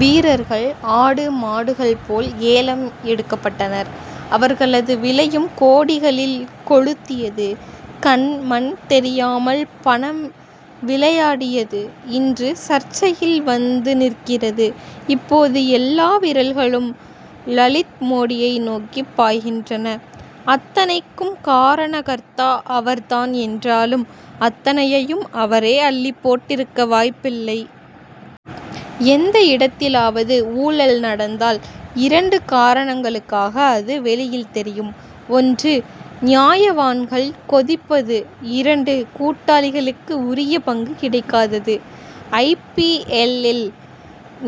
வீரர்கள், ஆடு, மாடுகள் போல் ஏலம் எடுக்கப்பட்டனர். அவர்களது விலையும் கோடிகளில் கொளுத்தியது. கண், மண் தெரியாமல் பணம் விளையாடியது இன்று, சர்ச்சையில் வந்து நிற்கிறது. இப்போது எல்லா விரல்களும், லலித் மோடியை நோக்கி பாய்கின்றன. அத்தனைக்கும் காரணகர்த்தா அவர் தான் என்றாலும், அத்தனையையும் அவரே அள்ளிப் போட்டிருக்க வாய்ப்பில்லை. எந்த இடத்திலாவது ஊழல் நடந்தால், இரண்டு காரணங்களுக்காக அது வெளியில் தெரியும். ஒன்று, நியாயவான்கள் கொதிப்பது இரண்டு, கூட்டாளிகளுக்கு உரிய பங்கு கிடைக்காதது. ஐ. பி. எல்.,லில்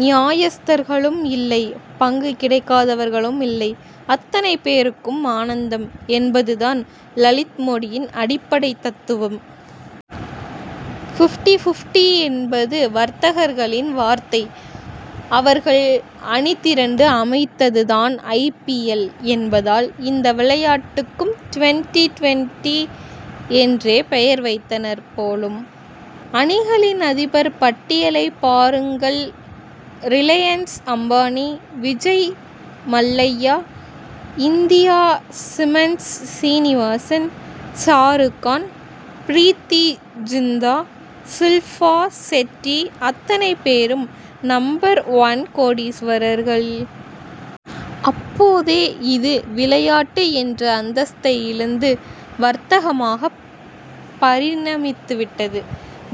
நியாயஸ்தர்களும் இல்லை பங்கு கிடைக்காதவர்களும் இல்லை அத்தனை பேருக்கும் ஆனந்தம்' என்பது தான் லலித் மோடியின் அடிப்படை தத்துவம். பிப்டி பிப்டி' என்பது வர்த்தகர்களின் வார்த்தை. அவர்கள் அணி திரண்டு அமைத்தது தான் ஐ. பி. எல்., என்பதால், இந்த விளையாட்டுக்கும், டுவென்டி டுவென்டி' என்றே பெயர் வைத்தனர் போலும். அணிகளின் அதிபர் பட்டியலைப் பாருங்கள்ரிலையன்ஸ் அம்பானி, விஜய் மல்லையா, இந்தியா சிமென்ட்ஸ் சீனிவாசன், ஷாருக் கான், பிரீத்தி ஜிந்தா, ஷில்பா ஷெட்டிஅத்தனை பேரும் நம்பர் ஒன் கோடீஸ்வரர்கள். அப்போதே இது, விளையாட்டு என்ற அந்தஸ்தை இழந்து, வர்த்தகமாக பரிணமித்துவிட்டது.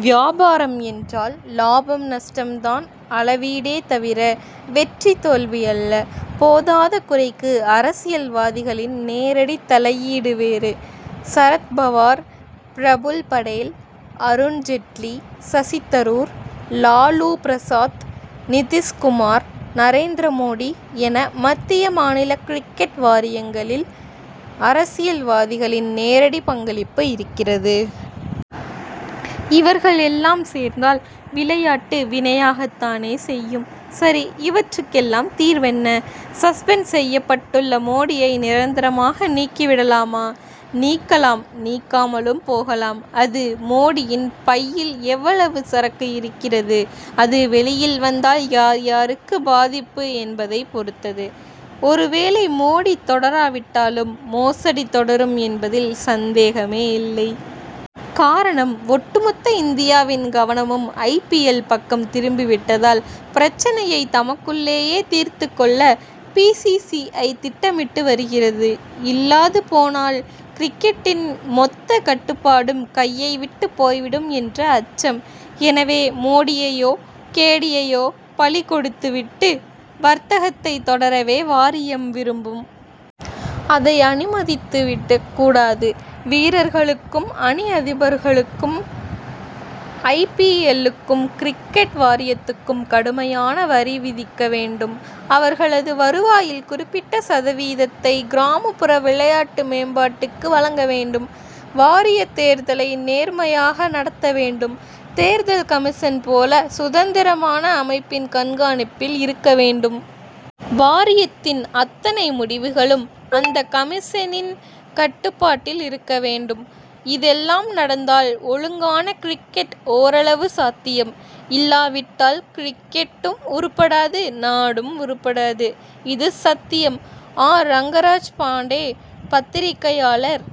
வியாபாரம் என்றால், லாபம் நஷ்டம் தான் அளவீடே தவிர, வெற்றி தோல்வி அல்ல. போதாதகுறைக்கு, அரசியல்வாதிகளின் நேரடி தலையீடு வேறு. சரத் பவார், பிரபுல் படேல், அருண் ஜெட்லி, சசி தரூர், லாலு பிரசாத், நிதிஷ் குமார், நரேந்திர மோடி என, மத்திய, மாநில கிரிக்கெட் வாரியங்களில், அரசியல்வாதிகளின் நேரடி பங்களிப்பு இருக்கிறது. இவர்கள் எல்லாம் சேர்ந்தால், விளையாட்டு வினையாகத் தானே செய்யும்! சரி, இவற்றுக்கெல்லாம் தீர்வென்ன? சஸ்பெண்ட் செய்யப்பட்டுள்ள மோடியை நிரந்தரமாக நீக்கிவிடலாமா? நீக்கலாம் நீக்காமலும் போகலாம். அது, மோடியின் பையில் எவ்வளவு சரக்கு இருக்கிறது அது வெளியில் வந்தால் யார் யாருக்கு பாதிப்பு என்பதைப் பொறுத்தது. ஒருவேளை மோடி தொடராவிட்டாலும், மோசடி தொடரும் என்பதில் சந்தேகமில்லை. காரணம், ஒட்டுமொத்த இந்தியாவின் கவனமும் ஐ. பி. எல்., பக்கம் திரும்பிவிட்டதால், பிரச்னையை தமக்குள்ளேயே, தீர்த்துக்கொள்ள' பி. சி. சி. ஐ., திட்டமிட்டு வருகிறது. இல்லாது போனால், கிரிக்கெட்டின் மொத்த கட்டுப்பாடும், கையை விட்டுப் போய்விடும் என்ற அச்சம். எனவே, மோடியையோ, கேடியையையோ பலி கொடுத்துவிட்டு, வர்த்தகத்தைத் தொடரவே வாரியம் விரும்பும். அதை அனுமதித்துவிடக் கூடாது. வீரர்களுக்கும், அணி அதிபர்களுக் கும், ஐ. பி. எல்.,லுக்கும், கிரிக்கெட் வாரியத்துக்கும் கடுமையான வரி விதிக்க வேண்டும். அவர்களது வருவாயில் குறிப்பிட்ட சதவீதத்தை கிராமப்புற விளையாட்டு மேம்பாட்டுக்கு வழங்க வேண்டும். வாரியத் தேர்தலை நேர்மையாக நடத்த வேண்டும். தேர்தல் கமிஷன் போல, சுதந்திரமான அமைப்பின் கண்காணிப்பில் இருக்க வேண்டும். வாரியத்தின் அத்தனை முடிவுகளும், அந்தக் கமிஷனின் கட்டுப்பாட்டில் இருக்க வேண்டும். இதெல்லாம் நடந்தால், ஒழுங்கான கிரிக்கெட், ஓரளவு சாத்தியம். இல்லாவிட்டால் கிரிக்கெட்டும் உருப்படாது நாடும் உருப்படாது. இது சத்தியம்! ஆர். ரங்கராஜ் பாண்டே பத்திரிகையாளர்